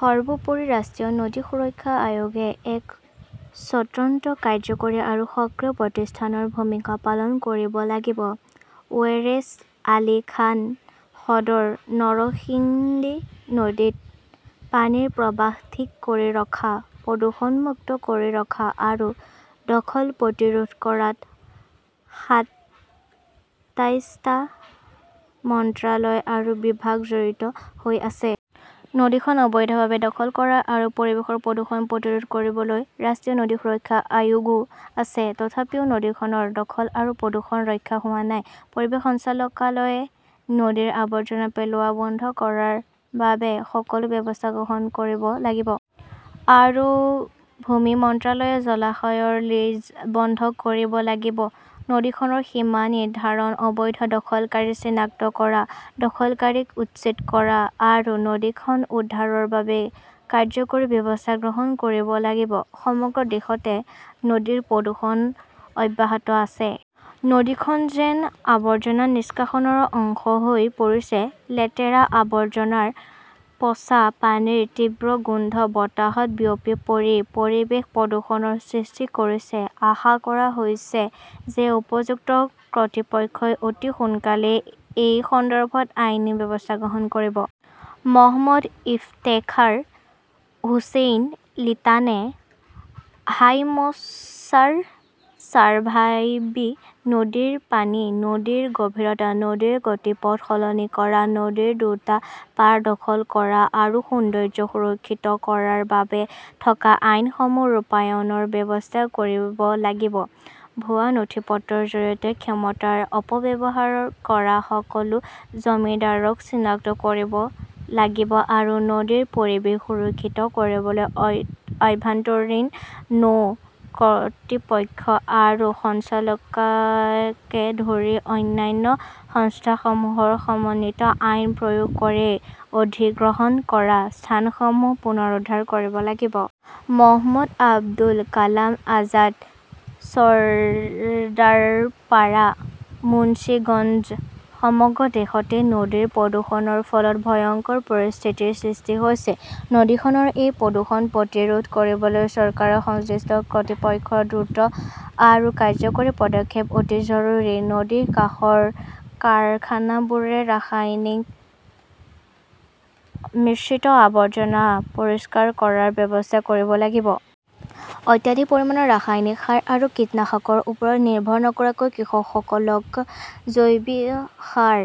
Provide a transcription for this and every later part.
সৰ্বোপৰি, ৰাষ্ট্ৰীয় নদী সুৰক্ষা আয়োগে এক স্বতন্ত্ৰ, কাৰ্যকৰী আৰু সক্ৰিয় প্ৰতিষ্ঠানৰ ভূমিকা পালন কৰিব লাগিব। ৱাৰেছ আলী খান সদৰ, নৰসিংডী নদীত পানীৰ প্ৰৱাহ ঠিক কৰি ৰখা, প্ৰদূষণমুক্ত কৰি ৰখা আৰু দখল প্ৰতিৰোধ কৰাত সাতাইছটা মন্ত্ৰালয় আৰু বিভাগ জড়িত হৈ আছে। নদীখন অবৈধভাৱে দখল কৰা আৰু পৰিৱেশৰ প্ৰদূষণ প্ৰতিৰোধ কৰিবলৈ ৰাষ্ট্ৰীয় নদী সুৰক্ষা আয়োগও আছে। তথাপিও নদীখনৰ দখল আৰু প্ৰদূষণ ৰক্ষা হোৱা নাই। পৰিৱেশ সঞ্চালকালয়ই নদীত আৱৰ্জনা পেলোৱা বন্ধ কৰাৰ বাবে সকলো ব্যৱস্থা গ্ৰহণ কৰিব লাগিব। আৰু ভূমি মন্ত্ৰালয়ে জলাশয়ৰ লিজ বন্ধ কৰিব লাগিব। নদীখনৰ সীমা নিৰ্ধাৰণ, অবৈধ দখলকাৰীক চিনাক্ত কৰা, দখলকাৰীক উচ্ছেদ কৰা আৰু নদীখন উদ্ধাৰৰ বাবে কাৰ্যকৰী ব্যৱস্থা গ্ৰহণ কৰিব লাগিব। সমগ্ৰ দেশতে নদীৰ প্ৰদূষণ অব্যাহত আছে। নদীখন যেন আবৰ্জনা নিষ্কাশনৰ অংশ হৈ পৰিছে। লেতেৰা আৱৰ্জনাৰ পচা পানীৰ তীব্ৰ গোন্ধ বতাহত বিয়পি পৰি পৰিৱেশ প্ৰদূষণৰ সৃষ্টি কৰিছে। আশা কৰা হৈছে যে উপযুক্ত কৰ্তৃপক্ষই অতি সোনকালেই এই সন্দৰ্ভত আইনী ব্যৱস্থা গ্ৰহণ কৰিব। মহম্মদ ইফতেখাৰ হোছাইন লিটানে হাইমচাৰ, চাৰভাইৰবী নদীৰ পানী, নদীৰ গভীৰতা, নদীৰ গতিপথ সলনি কৰা, নদীৰ দুটা পাৰ দখল কৰা আৰু সৌন্দৰ্য সুৰক্ষিত কৰাৰ বাবে থকা আইনসমূহ ৰূপায়ণৰ ব্যৱস্থা কৰিব লাগিব। ভুৱা নথিপত্ৰৰ জৰিয়তে ক্ষমতাৰ অপব্যৱহাৰ কৰা সকলো জমিদাৰক চিনাক্ত কৰিব লাগিব আৰু নদীৰ পৰিৱেশ সুৰক্ষিত কৰিবলৈ আভ্যন্তৰীণ নৌ কৰ্তৃপক্ষ আৰু সঞ্চালকালয়কে ধৰি অন্যান্য সংস্থাসমূহৰ সমন্বিত আইন প্ৰয়োগ কৰি অধিগ্ৰহণ কৰা স্থানসমূহ পুনৰুদ্ধাৰ কৰিব লাগিব। মহম্মদ আবুল কালাম আজাদ চৰ্দাৰপাৰা, মুঞ্চিগঞ্জ সমগ্ৰ দেশতে নদীৰ প্ৰদূষণৰ ফলত ভয়ংকৰ পৰিস্থিতিৰ সৃষ্টি হৈছে। নদীখনৰ এই প্ৰদূষণ প্ৰতিৰোধ কৰিবলৈ চৰকাৰৰ সংশ্লিষ্ট কৰ্তৃপক্ষৰ দ্ৰুত আৰু কাৰ্যকৰী পদক্ষেপ অতি জৰুৰী। নদীৰ কাষৰ কাৰখানাবোৰে ৰাসায়নিক মিশ্ৰিত আৱৰ্জনা পৰিষ্কাৰ কৰাৰ ব্যৱস্থা কৰিব লাগিব। অত্যধিক পৰিমাণৰ ৰাসায়নিক সাৰ আৰু কীটনাশকৰ ওপৰত নিৰ্ভৰ নকৰাকৈ কৃষকসকলক জৈৱ সাৰ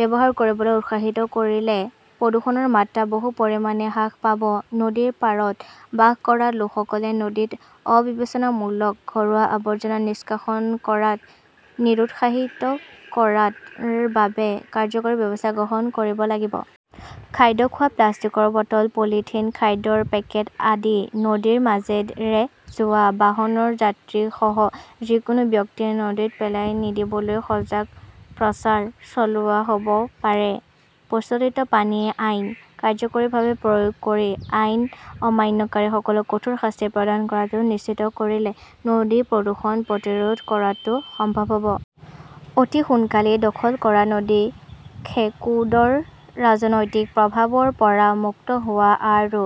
ব্যৱহাৰ কৰিবলৈ উৎসাহিত কৰিলে প্ৰদূষণৰ মাত্ৰা বহু পৰিমাণে হ্ৰাস পাব। নদীৰ পাৰত বাস কৰা লোকসকলে নদীত অবিবেচনামূলক ঘৰুৱা আৱৰ্জনা নিষ্কাশন কৰাত নিৰুৎসাহিত কৰাৰ বাবে কাৰ্যকৰী ব্যৱস্থা গ্ৰহণ কৰিব লাগিব। খাদ্য খোৱা, প্লাষ্টিকৰ বটল, পলিথিন, খাদ্যৰ পেকেট আদি নদীৰ মাজেৰে যোৱা বাহনৰ যাত্ৰীসহ যিকোনো ব্যক্তিয়ে নদীত পেলাই নিদিবলৈ সজাগতা প্ৰচাৰ চলোৱা হ'ব পাৰে। প্ৰচলিত পানী আইন কাৰ্যকৰীভাৱে প্ৰয়োগ কৰি আইন অমান্যকাৰীসকলক কঠোৰ শাস্তি প্ৰদান কৰাটো নিশ্চিত কৰিলে নদী প্ৰদূষণ প্ৰতিৰোধ কৰাটো সম্ভৱ হ 'ব। অতি সোনকালেই, দখল কৰা নদীখেকোডৰ ৰাজনৈতিক প্ৰভাৱৰ পৰা মুক্ত হোৱা আৰু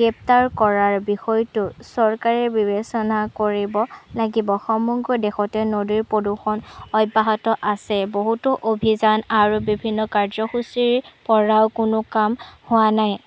গ্ৰেপ্তাৰ কৰাৰ বিষয়টো চৰকাৰে বিবেচনা কৰিব লাগিব। সমগ্ৰ দেশতে নদীৰ প্ৰদূষণ অব্যাহত আছে। বহুতো অভিযান আৰু বিভিন্ন কাৰ্যসূচীৰ পৰাও কোনো কাম হোৱা নাই।